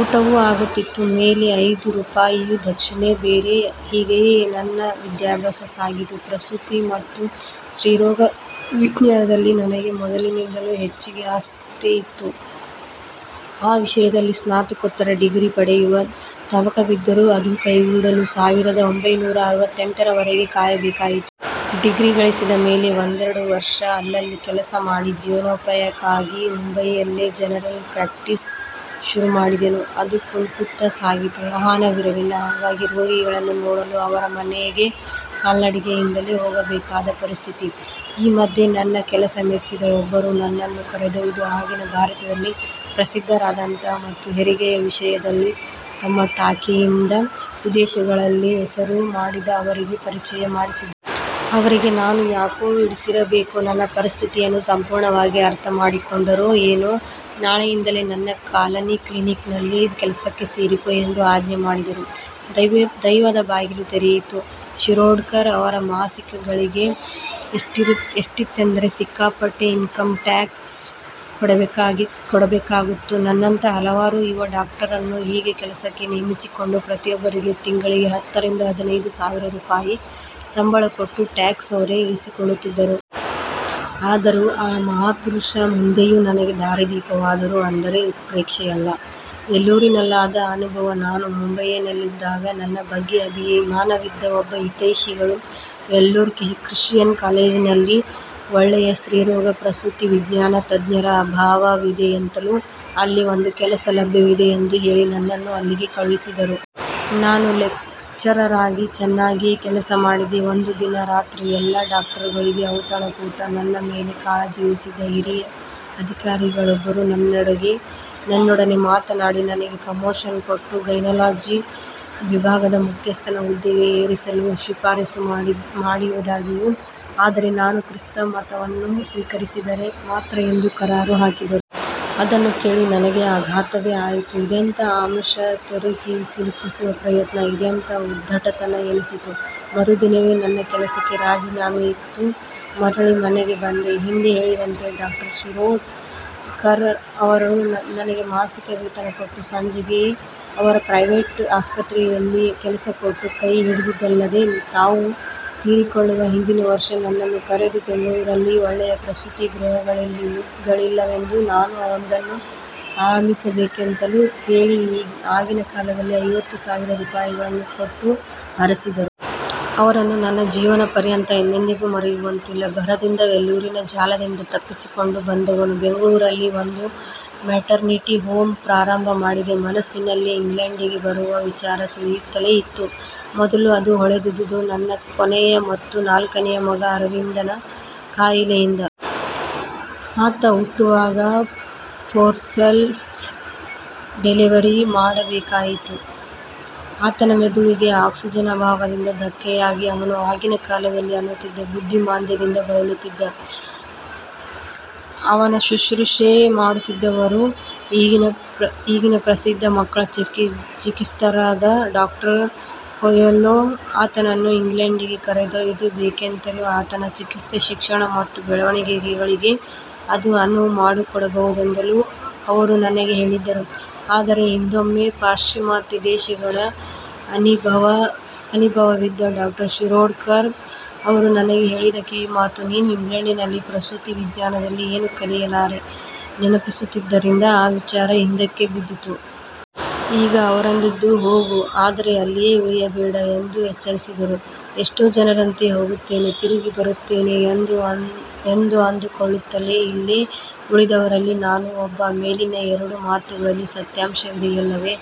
ಊಟವೂ ಆಗುತ್ತಿತ್ತು. ಮೇಲೆ ಐದು ರೂಪಾಯಿಯ ದಕ್ಷಿಣೆ ಬೇರೆ ಹೀಗೆಯೇ ನನ್ನ ವಿದ್ಯಾಭ್ಯಾಸ ಸಾಗಿತು. ಪ್ರಸೂತಿ ಮತ್ತು ಸ್ತ್ರೀರೋಗ ವಿಜ್ಞಾನದಲ್ಲಿ ನನಗೆ ಮೊದಲಿನಿಂದಲೂ ಹೆಚ್ಚಿನ ಆಸ್ಥೆ ಇತ್ತು. ಆ ವಿಷಯದಲ್ಲಿ ಸ್ನಾತಕೋತ್ತರ ಡಿಗ್ರಿ ಪಡೆಯುವ ತವಕವಿದ್ದರೂ ಅದು ಕೈಗೂಡಲು ಸಾವಿರದ ಒಂಭೈನೂರ ಅರವತ್ತೆಂಟರ ವರೆಗೆ ಕಾಯಬೇಕಾಯಿತು. ಡಿಗ್ರಿ ಗಳಿಸಿದ ಮೇಲೆ ಒಂದೆರಡು ವರ್ಷ ಅಲ್ಲಿಲ್ಲಿ ಕೆಲಸ ಮಾಡಿ ಜೀವನೋಪಾಯಕ್ಕಾಗಿ ಮುಂಬಯಿಯಲ್ಲೇ ಜನರಲ್ ಪ್ರಾಕ್ಟಿಸ್ ಶುರುಮಾಡಿದೆನು. ಅದು ಕುಂಟುತ್ತ ಸಾಗಿತ್ತು. ವಾಹನವಿರಲಿಲ್ಲ. ಹಾಗಾಗಿ ರೋಗಿಗಳನ್ನು ನೋಡಲು ಅವರ ಮನೆಗೆ ಕಾಲ್ನಡಿಗೆಯಿಂದಲೇ ಹೋಗಬೇಕಾದ ಪರಿಸ್ಠಿತಿ. ಈ ಮಧ್ಯೆ ನನ್ನ ಕೆಲಸ ಮೆಚ್ಚಿದ ಒಬ್ಬರು ನನ್ನನ್ನು ಕರೆದೊಯ್ದು ಆಗಿನ ಭಾರತಲ್ಲೇ ಪ್ರಸಿದ್ಧರಾದಂಥ ಮತ್ತು ಹೆರಿಗೆಯ ವಿಷಯದಲ್ಲಿ ತಮ್ಮ 'ಟಾಕಿ' ಯಿಂದ ವಿದೇಶಗಳಲ್ಲೂ ಹೆಸರು ಮಾಡಿದ ಅವರಿಗೆ ಪರಿಚಯ ಮಾಡಿಸಿದರು. ಅವರಿಗೆ ನಾನು ಯಾಕೋ ಹಿಡಿಸಿರಬೇಕು. ನನ್ನ ಪರಿಸ್ಥಿತಿಯನ್ನು ಸಂಪೂರ್ಣವಾಗಿ ಅರ್ಥ ಮಾಡಿಕೊಂಡರೋ ಏನೋ, 'ನಾಳೆಯಿಂದಲೇ ನನ್ನ "ಕಾಲನಿ ಕ್ಲಿನಿಕ್'' ನಲ್ಲಿ ಕೆಲಸಕ್ಕೆ ಸೇರಿಕೋ' ಎಂದು ಆಜ್ಞೆ ಮಾಡಿದರು. ದೈವದ ಬಾಗಿಲು ತೆರೆಯಿತು. ಶಿರೋಡ್ಕರ್ ಅವರ ಮಾಸಿಕ ಗಳಿಕೆ ಎಷ್ಟಿತ್ತೆಂದರೆ ಸಿಕ್ಕಾಪಟ್ಟೆ ಇನ್ಕಂ ಟ್ಯಾಕ್ಸ್ ಕೊಡಬೇಕಾಗುತ್ತು. ನನ್ನಂಥ ಹಲವಾರು ಯುವ ಡಾಕ್ಟರನ್ನು ಹೀಗೆ ಕೆಲಸಕ್ಕೆ ನೇಮಿಸಿಕೊಂಡು ಪ್ರತಿಯೊಬ್ಬರಿಗೆ ತಿಂಗಳಿಗೆ ಹತ್ತರಿಂದ ಹದಿನೈದು ಸಾವಿರ ರೂಪಾಯಿ ಸಂಬಳ ಕೊಟ್ಟು ಟ್ಯಾಕ್ಸ್ ಹೊರೆ ಇಳಿಸಿಕೊಳ್ಳುತ್ತಿದ್ದರು. ಆದರೆ ಆ ಮಹಾ ಪುರುಷ ಮುಂದೆಯೂ ನನಗೆ ದಾರಿದೀಪವಾದರು ಅಂದರೆ ಉತ್ಪ್ರೇಕ್ಷೆಯಲ್ಲ. ವೆಲ್ಲೂರಿನಲ್ಲಾದ ಅನುಭವ ನಾನು ಮುಂಬಯಿಯಲ್ಲಿದ್ದಾಗ ನನ್ನ ಬಗ್ಗೆ ಅಭಿಮಾನವಿದ್ದ ಒಬ್ಬ ಹಿತೈಷಿಗಳು ವೆಲ್ಲೂರ್ ಕ್ರಿಶ್ಚಯನ್ ಕಾಲೇಜಿನಲ್ಲಿ ನಲ್ಲಿ ಒಳ್ಳೆಯ ಸ್ತ್ರೀ ರೋಗ-ಪ್ರಸೂತಿ ವಿಜ್ಞಾನ ತಜ್ಞರ ಅಭಾವವಿದೆಯೆಂತಲೂ, ಅಲ್ಲಿ ಒಂದು ಕೆಲಸ ಲಭ್ಯವಿದೆ ಎಂದು ಹೇಳಿ ನನ್ನನ್ನು ಅಲ್ಲಿಗೆ ಕಳಿಸಿದರು. ನಾನು ಲೆಕ್ಚರರಾಗಿ ಚೆನ್ನಾಗಿಯೇ ಕೆಲಸ ಮಾಡಿದೆ. ಒಂದು ದಿನ ರಾತ್ರಿ ಎಲ್ಲ ಡಾಕ್ಟರುಗಳಿಗೆ ಔತಣಕೂಟ. ನನ್ನ ಮೇಲೆ ಕಾಳಜಿ ವಹಿಸಿದ್ದ ಹಿರಿಯ ಅಧಿಕಾರಿಗಳೊಬ್ಬರು ನನ್ನೊಡನೆ ಮಾತನಾಡಿ, ನನಗೆ ಪ್ರಮೋಷನ್ ಕೊಟ್ಟು ಗೈನಕಾಲಜಿ ವಿಭಾಗದ ಮುಖ್ಯಸ್ಥನ ಹುದ್ದೆಗೆ ಏರಿಸಲು ಶಿಫಾರಿಸು ಮಾಡುವದಾಗಿಯೂ ಆದರೆ ನಾನು ಕ್ರಿಸ್ತ ಮತವನ್ನು ಸ್ವೀಕರಿಸಿದರೆ ಮಾತ್ರ ಎಂದು ಕರಾರು ಹಾಕಿದರು. ಅದನ್ನು ಕೇಳಿ ನನಗೆ ಆಘಾತವೇ ಆಯಿತು. ಇದೆಂಥ ಆಮಿಷ ತೋರಿಸಿ ಸಿಲುಕಿಸುವ ಪ್ರಯತ್ನ, ಇದೆಂಥ ಉದ್ಧಟತನ ಎನಿಸಿತು, ಮರುದಿನವೇ ನನ್ನ ಕೆಲಸಕ್ಕೆರಾಜಿನಾಮೆಯಿತ್ತು ಮರಳಿ ಮನೆಗೆ ಬಂದೆ. ಹಿಂದೆ ಹೇಳಿದಂತೆ ಡಾ ಶಿರೋಡ್ ಕರ್ ಅವರು ನನಗೆ ಮಾಸಿಕ ವೇತನ ಕೊಟ್ಟು ಸಂಜೆಗೆ ಅವರ ಪ್ರೈವೇಟ್ ಆಸ್ಪತ್ರೆಯಲ್ಲಿ ಕೆಲಸ ಕೊಟ್ಟು ಕೈ ಹಿಡಿದಿದ್ದಲ್ಲದೆ, ತಾವು ತೀರಿಕೊಳ್ಳುವ ಹಿಂದಿನ ವರ್ಷ ನನ್ನನ್ನು ಕರೆದು ಬೆಂಗಳೂರಲ್ಲಿ ಒಳ್ಳೆಯ ಪ್ರಸೂತಿ ಗೃಹಗಳಿಲ್ಲವೆಂದೂ ನಾನು ಒಂದನ್ನು ಆರಂಭಿಸಬೇಕೆಂತಲೂ ಹೇಳಿ ಆಗಿನ ಕಾಲದಲ್ಲಿ ಐವತ್ತು ಸಾವಿರ ರೂಪಾಯಗಳನ್ನೂ ಕೊಟ್ಟು ಹರಸಿದರು. ಅವರನ್ನು ನನ್ನ ಜೀವನ ಪರ್ಯಂತ ಎಂದೆಂದಿಗೂ ಮರೆಯುವಂತಿಲ್ಲ. ಭರದಿಂದ ವೆಲ್ಲೂರಿನ ಜಾಲದಿಂದ ತಪ್ಪಿಸಿಕೊಂಡು ಬಂದವನು ಬೆಂಗಳೂರಲ್ಲಿ ಒಂದು ಮ್ಯಾಟರ್ನಿಟಿ ಹೋಮ್ ಪ್ರಾರಂಭ ಮಾಡಿದೆ. ಮನಸ್ಸಿನಲ್ಲಿ ಇಂಗ್ಲಂಡಿಗೆ ಬರುವ ವಿಚಾರ ಸುಳಿಯುತ್ತಲೇ ಇತ್ತು. ಮೊದಲು ಅದು ಹೊಳೆದುದು ನನ್ನ ಕೊನೆಯ ಮತ್ತು ನಾಲ್ಕನೆಯ ಮಗ ಅರವಿಂದನ ಕಾಯಿಲೆಯಿಂದ. ಆತ ಹುಟ್ಟುವಾಗ ಫೋರ್ಸೆಪ್ಸ್ ಡೆಲಿವರಿ ಮಾಡಬೇಕಾಯಿತು. ಆತನ ಮೆದುಳಿಗೆ ಆಕ್ಸಿಜನ್ ಅಭಾವದಿಂದ ಧಕ್ಕೆಯಾಗಿ ಅವನು ಆಗಿನ ಕಾಲದಲ್ಲಿ ಅನ್ನುತ್ತಿದ್ದ 'ಬುದ್ಧಿಮಾಂದ್ಯ'ದಿಂದ ಬಳಲುತ್ತಿದ್ದ. ಅವನ ಶುಶ್ರೂಷೆ ಮಾಡುತ್ತಿದ್ದವರು ಆಗಿನ ಪ್ರಸಿದ್ಧ ಮಕ್ಕಳ ಚಿಕಿತ್ಸಕರಾದ ಡಾ ಕೋಯೆಲ್ಹೋ. ಆತನನ್ನು ಇಂಗ್ಲಂಡಿಗೆ ಕರೆದೊಯ್ದು ಬೆಕೆಂತಲೂ ಆತನ ಚಿಕಿತ್ಸೆ, ಶಿಕ್ಷಣ ಮತ್ತು ಬೆಳವಣಿಗೆಗಳಿಗೆ ಅದು ಅನುವು ಮಾಡಿಕೊಡಬಹುದೆಂದಲೂ ಅವರು ನನಗೆ ಹೇಳಿದ್ದರು, ಆದರೆ ಹಿಂದೊಮ್ಮೆ ಪಾಶ್ಚಿಮಾತ್ಯ ದೇಶಗಳ ಅನಿಭವವಿದ್ದ ಡಾ ಶಿರೋಡ್ಕರ್ ಅವರು ನನಗೆ ಹೇಳಿದ ಕಿವಿಮಾತು "ನೀನು ಇಂಗ್ಲಂಡಿನಲ್ಲಿ ಪ್ರಸೂತಿ ವಿಜ್ಞಾನದಲ್ಲಿ ಏನೂ ಕಲಿಯಲಾರೆ" ನೆನಪಿಸುತ್ತಿದ್ದರಿಂದ ಆ ವಿಚಾರ ಹಿಂದಕ್ಕೆಬಿದ್ದಿತ್ತು. ಈಗ ಅವರೆಂದುದು ಹೋಗು, ಆದರೆ ಅಲ್ಲಿಯೇ ಉಳಿಯಬೇಡ ಎಂದು ಎಚ್ಚರಿಸಿದರು. ಎಷ್ಟೋ ಜನರಂತೆ ಹೋಗುತ್ತೇನೆ ತಿರುಗಿ ಬರುತ್ತೇನೆ ಎಂದು ಅಂದು ಕೊಳ್ಳುತ್ತಲೇ ಇಲ್ಲೆ ಉಳಿದವರಲ್ಲಿ ನಾನೂ ಒಬ್ಬ. ಮೇಲಿನ ಎರಡೂ ಮಾತುಗಳಲ್ಲಿ ಸತ್ಯಾಂಶವಿದೆಯಲ್ಲವೆ?.